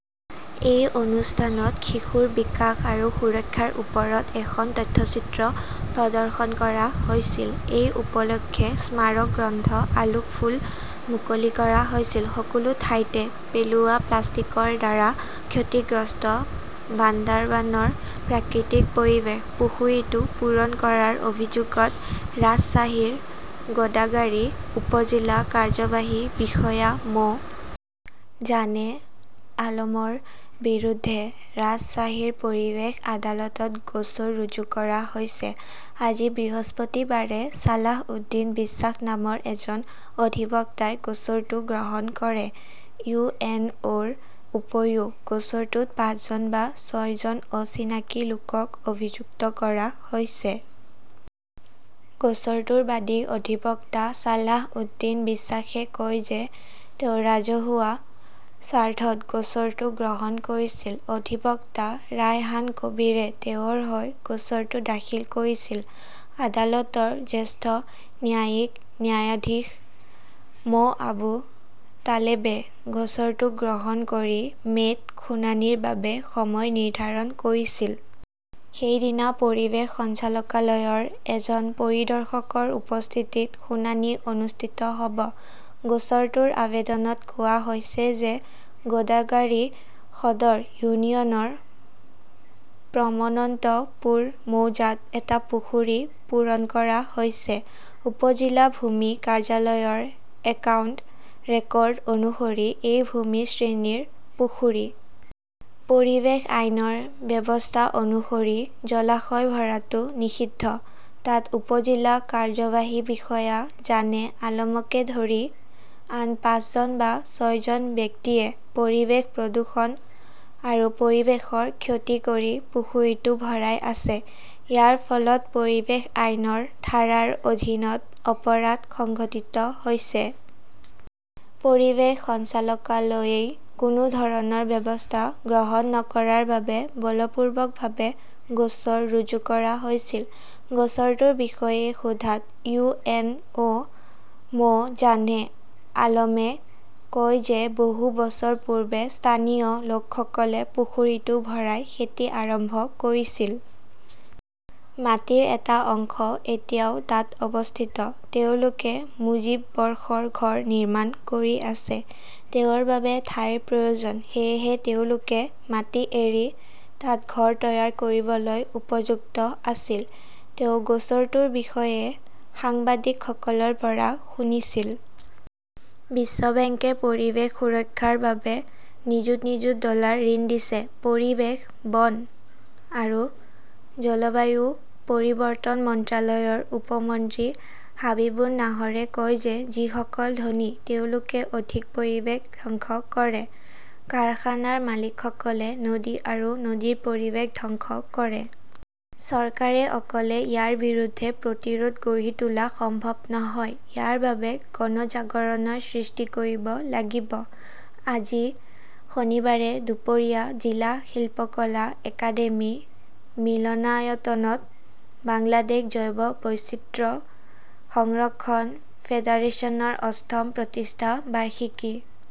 এই অনুষ্ঠানত শিশুৰ বিকাশ আৰু সুৰক্ষাৰ ওপৰত এখন তথ্যচিত্ৰ প্ৰদৰ্শন কৰা হৈছিল। এই উপলক্ষে স্মাৰক গ্ৰন্থ আলোক ফুল মুকলি কৰা হৈছিল। সকলো ঠাইতে পেলোৱা প্লাষ্টিকৰ দ্বাৰা ক্ষতিগ্ৰস্ত বান্দাৰবানৰ প্ৰাকৃতিক পৰিৱেশ। পুখুৰীটো পূৰণ কৰাৰ অভিযোগত ৰাজশ্বাহীৰ গোদাগাৰী উপ-জিলা কাৰ্যবাহী বিষয়া মো. জানে আলমৰ বিৰুদ্ধে ৰাজশ্বাহীৰ পৰিৱেশ আদালতত গোচৰ ৰুজু কৰা হৈছে। আজি বৃহস্পতিবাৰে ছালাহ উদ্দীন বিশ্বাস নামৰ এজন অধিবক্তাই গোচৰটো গ্ৰহণ কৰে। ইউ. এন. অ'. -ৰ উপৰিও গোচৰটোত পাঁচজন বা ছয়জন অচিনাকি লোকক অভিযুক্ত কৰা হৈছে। গোচৰটোৰ বাদী অধিবক্তা ছালাহ উদ্দীন বিশ্বাসে কয় যে তেওঁ ৰাজহুৱা স্বাৰ্থত গোচৰটো গ্ৰহণ কৰিছিল। অধিবক্তা ৰায়হান কবীৰে তেওঁৰ হৈ গোচৰটো দাখিল কৰিছিল। আদালতৰ জ্যেষ্ঠ ন্যায়িক ন্যায়াধীশ মো. আবু তালেবে গোচৰটো গ্ৰহণ কৰি মে'ত শুনানিৰ বাবে সময় নিৰ্ধাৰণ কৰিছিল। সেইদিনা পৰিৱেশ সঞ্চালকালয়ৰ এজন পৰিদৰ্শকৰ উপস্থিতিত শুনানি অনুষ্ঠিত হ'ব। গোচৰটোৰ আৱেদনত কোৱা হৈছে যে গোদাগাৰী সদৰ ইউনিয়নৰ প্ৰমনন্তপুৰ মৌজাত এটা পুখুৰী পূৰণ কৰা হৈছে। উপ-জিলা ভূমি কাৰ্যালয়ৰ একাউণ্ট ৰেকৰ্ড অনুসৰি, এই ভূমিৰ শ্ৰেণীৰ পুখুৰী। পৰিৱেশ আইনৰ ব্যৱস্থা অনুসৰি জলাশয় ভৰাটো নিষিদ্ধ। তাত উপ-জিলা কাৰ্যবাহী বিষয়া জানে আলমকে ধৰি আন পাঁচজন বা ছয়জন ব্যক্তিয়ে পৰিৱেশ প্ৰদূষণ আৰু পৰিৱেশৰ ক্ষতি কৰি পুখুৰীটো ভৰাই আছে। ইয়াৰ ফলত পৰিৱেশ আইনৰ ধাৰাৰ অধীনত অপৰাধ সংঘটিত হৈছে। পৰিৱেশ সঞ্চালকালয়ই কোনো ধৰণৰ ব্যৱস্থা গ্ৰহণ নকৰাৰ বাবে বলপূৰ্বকভাৱে গোচৰ ৰুজু কৰা হৈছিল। গোচৰটোৰ বিষয়ে সোধাত ইউ. এন. অ'. মো. জানে আলমে কয় যে বহু বছৰ পূৰ্বে স্থানীয় লোকসকলে পুখুৰীটো ভৰাই খেতি আৰম্ভ কৰিছিল। মাটিৰ এটা অংশ এতিয়াও তাত অৱস্থিত। তেওঁলোকে মুজীব বৰ্ষৰ ঘৰ নিৰ্মাণ কৰি আছে। তেওঁৰ বাবে ঠাইৰ প্ৰয়োজন। সেয়েহে তেওঁলোকে মাটি এৰি তাত ঘৰ তৈয়াৰ কৰিবলৈ উপযুক্ত আছিল। তেওঁ গোচৰটোৰ বিষয়ে সাংবাদিকসকলৰ পৰা শুনিছিল। বিশ্ব বেংকে পৰিৱেশ সুৰক্ষাৰ বাবে নিযুত নিযুত ডলাৰ ঋণ দিছে। পৰিৱেশ, বন আৰু জলবায়ু পৰিৱৰ্তন মন্ত্ৰালয়ৰ উপ মন্ত্ৰী হাবিবুন নাহৰে কয় যে যিসকল ধনী তেওঁলোকে অধিক পৰিৱেশ ধ্বংস কৰে। কাৰখানাৰ মালিকসকলে নদী আৰু নদীৰ পৰিৱেশ ধ্বংস কৰে। চৰকাৰে অকলে ইয়াৰ বিৰুদ্ধে প্ৰতিৰোধ গঢ়ি তোলা সম্ভৱ নহয়। ইয়াৰ বাবে গণজাগৰণৰ সৃষ্টি কৰিব লাগিব। আজি শনিবাৰে দুপৰীয়া জিলা শিল্পকলা একাডেমী মিলনায়তনত বাংলাদেশ জৈৱ বৈচিত্ৰ্য সংৰক্ষণ ফেডাৰেচনৰ অষ্টম প্ৰতিষ্ঠা বাৰ্ষিকী।